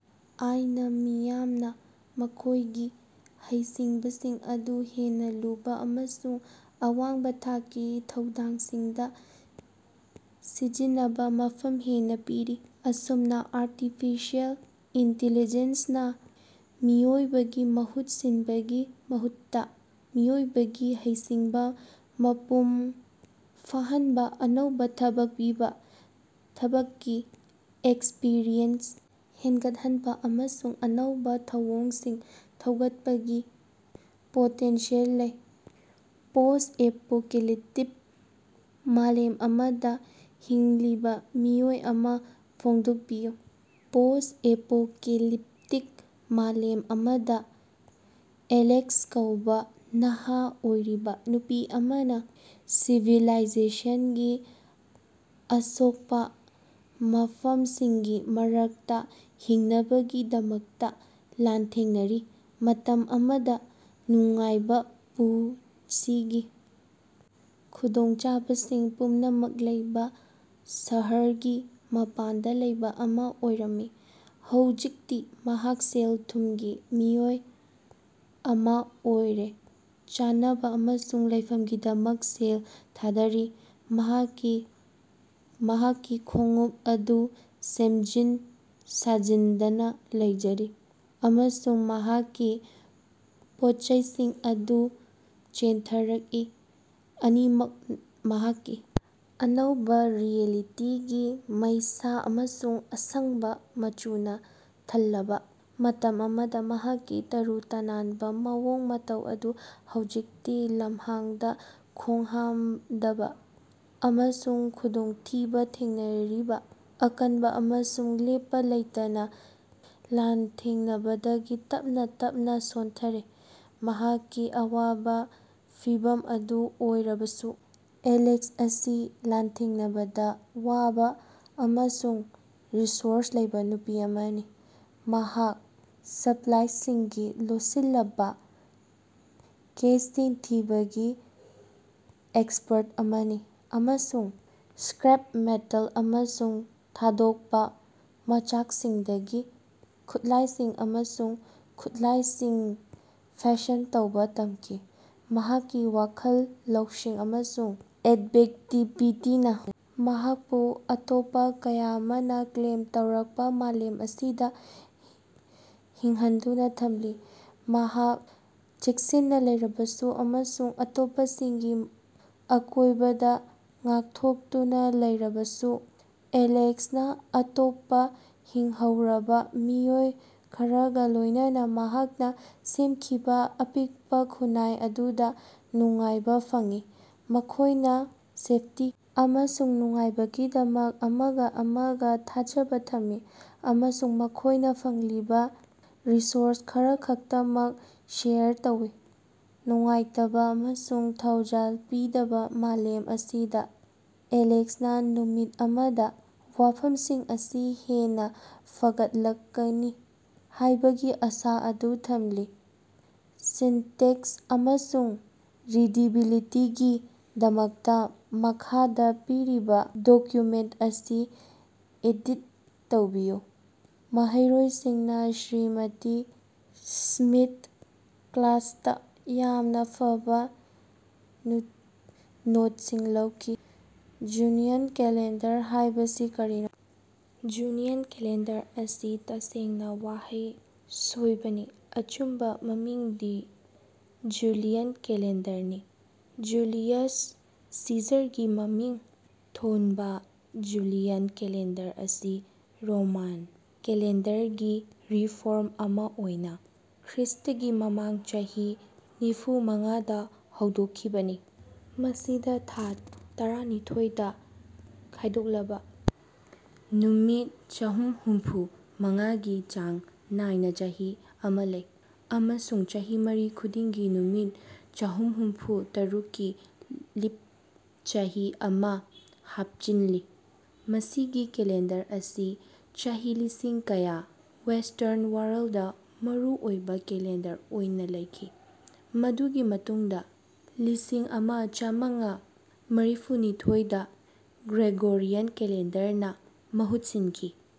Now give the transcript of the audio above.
ꯑꯥꯏ. ꯅ ꯃꯤꯌꯥꯝꯅ ꯃꯈꯣꯏꯒꯤ ꯍꯩꯁꯤꯡꯕꯁꯤꯡ ꯑꯗꯨ ꯍꯦꯟꯅ ꯂꯨꯕ ꯑꯃꯁꯨꯡ ꯑꯋꯥꯡꯕ ꯊꯥꯛꯀꯤ ꯊꯧꯗꯥꯡꯁꯤꯡꯗ ꯁꯤꯖꯤꯟꯅꯅꯕ ꯃꯐꯝ ꯍꯦꯟꯅ ꯄꯤꯔꯤ꯫ ꯑꯁꯨꯝꯅ ꯑꯥꯔꯇꯤꯐꯤꯁꯦꯜ ꯏꯟꯇꯤꯂꯤꯖꯦꯟ ꯅ ꯃꯤꯑꯣꯏꯕꯒꯤ ꯃꯍꯨꯠ ꯁꯤꯟꯕꯒꯤ ꯃꯍꯨꯠꯇ ꯃꯤꯑꯣꯏꯕꯒꯤ ꯍꯩꯁꯤꯡꯕ ꯃꯄꯨꯡ ꯐꯥꯍꯟꯕ, ꯑꯅꯧꯕ ꯊꯕꯛ ꯄꯤꯕ, ꯊꯕꯛꯀꯤ ꯑꯦꯛꯁꯄ꯭ꯔꯤꯌꯦꯟꯁ ꯍꯦꯟꯒꯠꯍꯟꯕ, ꯑꯃꯁꯨꯡ ꯑꯅꯧꯕ ꯊꯧꯑꯣꯡꯁꯤꯡ ꯊꯧꯒꯠꯄꯒꯤ ꯄꯣꯇꯦꯟꯁꯤꯌꯦꯜ ꯂꯩ꯫ ꯄꯣꯁ-ꯑꯦꯄꯣꯀꯦꯂꯤꯞꯇꯤꯛ ꯃꯥꯂꯦꯝ ꯑꯃꯗ ꯍꯤꯡꯂꯤꯕ ꯃꯤꯑꯣꯏ ꯑꯃ ꯐꯣꯡꯗꯣꯛꯄꯤꯌꯨ꯫ ꯄꯣꯁ-ꯑꯦꯄꯣꯀꯦꯂꯤꯞꯇꯤꯛ ꯃꯥꯂꯦꯝ ꯑꯃꯗ, ꯑꯦꯂꯦꯛꯁ ꯀꯧꯕ ꯅꯍꯥ ꯑꯣꯏꯔꯤꯕ ꯅꯨꯄꯤ ꯑꯃꯅ ꯁꯤꯚꯤꯂꯥꯏꯖꯦꯁꯟꯒꯤ ꯑꯁꯣꯛꯄ ꯃꯐꯝꯁꯤꯡꯒꯤ ꯃꯔꯛꯇ ꯍꯤꯡꯅꯕꯒꯤꯗꯃꯛꯇ ꯂꯥꯟꯊꯦꯡꯅꯔꯤ꯫ ꯃꯇꯝ ꯑꯃꯗ ꯅꯨꯡꯉꯥꯏꯕ ꯄꯨꯟꯁꯤꯒꯤ ꯈꯨꯗꯣꯡꯆꯥꯕꯁꯤꯡ ꯄꯨꯝꯅꯃꯛ ꯂꯩꯕ ꯁꯍꯔꯒꯤ ꯃꯄꯥꯟꯗ ꯂꯩꯕ ꯑꯃ ꯑꯣꯏꯔꯝꯃꯤ, ꯍꯧꯖꯤꯛꯇꯤ ꯃꯍꯥꯛ ꯁꯦꯜ ꯊꯨꯝꯒꯤ ꯃꯤꯑꯣꯏ ꯑꯃ ꯑꯣꯏꯔꯦ, ꯆꯥꯅꯕ ꯑꯃꯁꯨꯡ ꯂꯩꯐꯝꯒꯤꯗꯃꯛ ꯁꯦꯜ ꯊꯥꯗꯔꯤ꯫ ꯃꯍꯥꯛꯀꯤ ꯈꯣꯡꯎꯞ ꯑꯗꯨ ꯁꯦꯝꯖꯤꯟ ꯁꯥꯖꯤꯟꯗꯅ ꯂꯩꯖꯔꯤ ꯑꯃꯁꯨꯡ ꯃꯍꯥꯛꯀꯤ ꯄꯣꯠꯆꯩꯁꯤꯡ ꯑꯗꯨ ꯆꯦꯟꯊꯔꯛꯏ, ꯑꯅꯤꯃꯛ ꯃꯍꯥꯛꯀꯤ ꯑꯅꯧꯕ ꯔꯤꯑꯦꯂꯤꯇꯤꯒꯤ ꯃꯩꯁꯥ ꯑꯃꯁꯨꯡ ꯑꯁꯪꯕ ꯃꯆꯨꯅ ꯊꯜꯂꯕ꯫ ꯃꯇꯝ ꯑꯃꯗ ꯃꯍꯥꯛꯀꯤ ꯇꯔꯨ ꯇꯅꯥꯟꯕ ꯃꯑꯣꯡ ꯃꯇꯧ ꯑꯗꯨ ꯍꯧꯖꯤꯛꯇꯤ ꯂꯝꯍꯥꯡꯗ ꯈꯣꯡꯍꯥꯝꯗꯕ ꯑꯃꯁꯨꯡ ꯈꯨꯗꯣꯡꯊꯤꯕ ꯊꯦꯡꯅꯔꯤꯕ ꯑꯀꯟꯕ ꯑꯃꯁꯨꯡ ꯂꯦꯞꯄ ꯂꯩꯇꯅ ꯂꯥꯟꯊꯦꯡꯅꯕꯗꯒꯤ ꯇꯞꯅ-ꯇꯞꯅ ꯁꯣꯟꯊꯔꯦ꯫ ꯃꯍꯥꯛꯀꯤ ꯑꯋꯥꯕ ꯐꯤꯚꯝ ꯑꯗꯨ ꯑꯣꯏꯔꯕꯁꯨ, ꯑꯦꯂꯦꯛꯁ ꯑꯁꯤ ꯂꯥꯟꯊꯦꯡꯅꯕꯗ ꯋꯥꯕ ꯑꯃꯁꯨꯡ ꯔꯤꯁꯣꯔꯁ ꯂꯩꯕ ꯅꯨꯄꯤ ꯑꯃꯅꯤ꯫ ꯃꯍꯥꯛ ꯁ꯭ꯄꯂꯥꯏꯁꯤꯡꯒꯤ ꯂꯣꯠꯁꯤꯜꯂꯕ ꯀꯦꯁꯁꯤꯡ ꯊꯤꯕꯒꯤ ꯑꯦꯛꯁꯄꯔꯠ ꯑꯃꯅꯤ, ꯑꯃꯁꯨꯡ ꯁ꯭ꯀꯔꯦꯞ ꯃꯦꯇꯜ ꯑꯃꯁꯨꯡ ꯊꯥꯗꯣꯛꯄ ꯃꯆꯥꯛꯁꯤꯡꯗꯒꯤ ꯈꯨꯠꯂꯥꯏꯁꯤꯡ ꯑꯃꯁꯨꯡ ꯈꯨꯠꯂꯥꯏꯁꯤꯡ ꯐꯦꯁꯟ ꯇꯧꯕ ꯇꯝꯈꯤ꯫ ꯃꯍꯥꯛꯀꯤ ꯋꯥꯈꯜ ꯂꯧꯁꯤꯡ ꯑꯃꯁꯨꯡ ꯑꯦꯗꯕꯦꯛꯇꯤꯕꯤꯇꯤꯅ ꯃꯍꯥꯛꯄꯨ ꯑꯇꯣꯞꯄ ꯀꯌꯥ ꯑꯃꯅ ꯀ꯭ꯂꯦꯝ ꯇꯧꯔꯛꯄ ꯃꯥꯂꯦꯝ ꯑꯁꯤꯗ ꯍꯤꯡꯍꯟꯗꯨꯅ ꯊꯝꯂꯤ꯫ ꯃꯍꯥꯛ ꯆꯦꯛꯁꯤꯟꯅ ꯂꯩꯔꯕꯁꯨ ꯑꯃꯁꯨꯡ ꯑꯇꯣꯞꯄꯁꯤꯡꯒꯤ ꯑꯀꯣꯏꯕꯗ ꯉꯥꯛꯊꯣꯛꯇꯨꯅ ꯂꯩꯔꯕꯁꯨ, ꯑꯦꯂꯦꯛꯁꯅ ꯑꯇꯣꯞꯄ ꯍꯤꯡꯍꯧꯔꯕ ꯃꯤꯑꯣꯏ ꯈꯔꯒ ꯂꯣꯏꯅꯅ ꯃꯍꯥꯛꯅ ꯁꯦꯝꯈꯤꯕ ꯑꯄꯤꯛꯄ ꯈꯨꯟꯅꯥꯏ ꯑꯗꯨꯗ ꯅꯨꯡꯉꯥꯏꯕ ꯐꯪꯏ꯫ ꯃꯈꯣꯏꯅ ꯁꯦꯐꯇꯤ ꯑꯃꯁꯨꯡ ꯅꯨꯡꯉꯥꯏꯕꯒꯤꯗꯃꯛ ꯑꯃꯒ-ꯑꯃꯒ ꯊꯥꯖꯕ ꯊꯝꯃꯤ, ꯑꯃꯁꯨꯡ ꯃꯈꯣꯏꯅ ꯐꯪꯂꯤꯕ ꯔꯤꯁꯣꯔꯁ ꯈꯔꯈꯛꯇꯃꯛ ꯁꯦꯌꯔ ꯇꯧꯏ꯫ ꯅꯨꯡꯉꯥꯏꯇꯕ ꯑꯃꯁꯨꯡ ꯊꯧꯖꯥꯜ ꯄꯤꯗꯕ ꯃꯥꯂꯦꯝ ꯑꯁꯤꯗ, ꯑꯦꯂꯦꯛꯁꯅ ꯅꯨꯃꯤꯠ ꯑꯃꯗ, ꯋꯥꯐꯝꯁꯤꯡ ꯑꯁꯤ ꯍꯦꯟꯅ ꯐꯒꯠꯂꯛꯀꯅꯤ ꯍꯥꯏꯕꯒꯤ ꯑꯁꯥ ꯑꯗꯨ ꯊꯝꯂꯤ꯫ ꯁꯤꯟꯇꯦꯛꯁ ꯑꯃꯁꯨꯡ ꯔꯤꯗꯤꯕꯤꯂꯤꯇꯤꯒꯤꯗꯃꯛꯇꯥ ꯃꯈꯥꯗ ꯄꯤꯔꯤꯕ ꯗꯣꯀ꯭ꯌꯨꯃꯦꯟꯠ ꯑꯁꯤ ꯑꯦꯗꯤꯠ ꯇꯧꯕꯤꯌꯨ: ꯃꯍꯩꯔꯣꯏꯁꯤꯡꯅ ꯁ꯭ꯔꯤꯃꯇꯤ ꯁ꯭ꯃꯤꯊ ꯀ꯭ꯂꯥꯁꯇꯥ ꯌꯥꯝꯅ ꯐꯕ ꯅꯣꯠꯁꯤꯡ ꯂꯧꯈꯤ꯫ ꯖꯨꯅꯤꯌꯟ ꯀꯦꯂꯦꯟꯗꯔ ꯍꯥꯏꯕꯁꯤ ꯀꯔꯤꯅꯣ? ꯖꯨꯅꯤꯌꯟ ꯀꯦꯂꯦꯟꯗꯔ ꯑꯁꯤ ꯇꯁꯦꯡꯅ ꯋꯥꯍꯩ ꯁꯣꯏꯕꯅꯤ ꯑꯆꯨꯝꯕ ꯃꯃꯤꯡꯗꯤ ꯖꯨꯂꯤꯌꯟ ꯀꯦꯂꯦꯟꯗꯔꯅꯤ꯫ ꯖꯨꯂꯤꯌꯁ ꯁꯤꯖꯔꯒꯤ ꯃꯃꯤꯡ ꯊꯣꯟꯕ ꯖꯨꯂꯤꯌꯟ ꯀꯦꯂꯦꯟꯗꯔ ꯑꯁꯤ ꯔꯣꯃꯥꯟ ꯀꯦꯂꯦꯟꯗꯔꯒꯤ ꯔꯤꯐꯣꯔꯝ ꯑꯃ ꯑꯣꯏꯅ ꯈ꯭ꯔꯤꯁꯇꯒꯤ ꯃꯃꯥꯡ ꯆꯍꯤ ꯅꯤꯐꯨꯃꯉꯥ ꯗ ꯍꯧꯗꯣꯛꯈꯤꯕꯅꯤ꯫ ꯃꯁꯤꯗ ꯊꯥ ꯇꯔꯥꯅꯤꯊꯣꯏ ꯗ ꯈꯥꯏꯗꯣꯛꯂꯕ ꯅꯨꯃꯤꯠ ꯆꯍꯨꯝꯍꯨꯝꯐꯨ-ꯃꯉꯥ ꯒꯤ ꯆꯥꯡ ꯅꯥꯏꯅ ꯆꯍꯤ ꯑꯃ ꯂꯩ, ꯑꯃꯁꯨꯡ ꯆꯍꯤ ꯃꯔꯤ ꯈꯨꯗꯤꯡꯒꯤ ꯅꯨꯃꯤꯠ ꯆꯍꯨꯝꯍꯨꯝꯐꯨ-ꯇꯔꯨꯛ ꯀꯤ ꯂꯤꯞ ꯆꯍꯤ ꯑꯃ ꯍꯥꯞꯆꯤꯟꯂꯤ꯫ ꯃꯁꯤꯒꯤ ꯀꯦꯂꯦꯟꯗꯔ ꯑꯁꯤ ꯆꯍꯤ ꯂꯤꯁꯤꯡ ꯀꯌꯥ ꯋꯦꯁ꯭ꯇꯔꯟ ꯋꯥꯔꯜꯗ ꯃꯔꯨ ꯑꯣꯏꯕ ꯀꯦꯂꯦꯟꯗꯔ ꯑꯣꯏꯅ ꯂꯩꯈꯤ, ꯃꯗꯨꯒꯤ ꯃꯇꯨꯡꯗ ꯂꯤꯁꯤꯡꯑꯃ ꯆꯃꯉꯥ ꯃꯔꯤꯐꯨꯅꯤꯊꯣꯏ ꯗ ꯒ꯭ꯔꯦꯒꯣꯔꯤꯌꯟ ꯀꯦꯂꯦꯟꯗꯔꯅ ꯃꯍꯨꯠ ꯁꯤꯟꯈꯤ꯫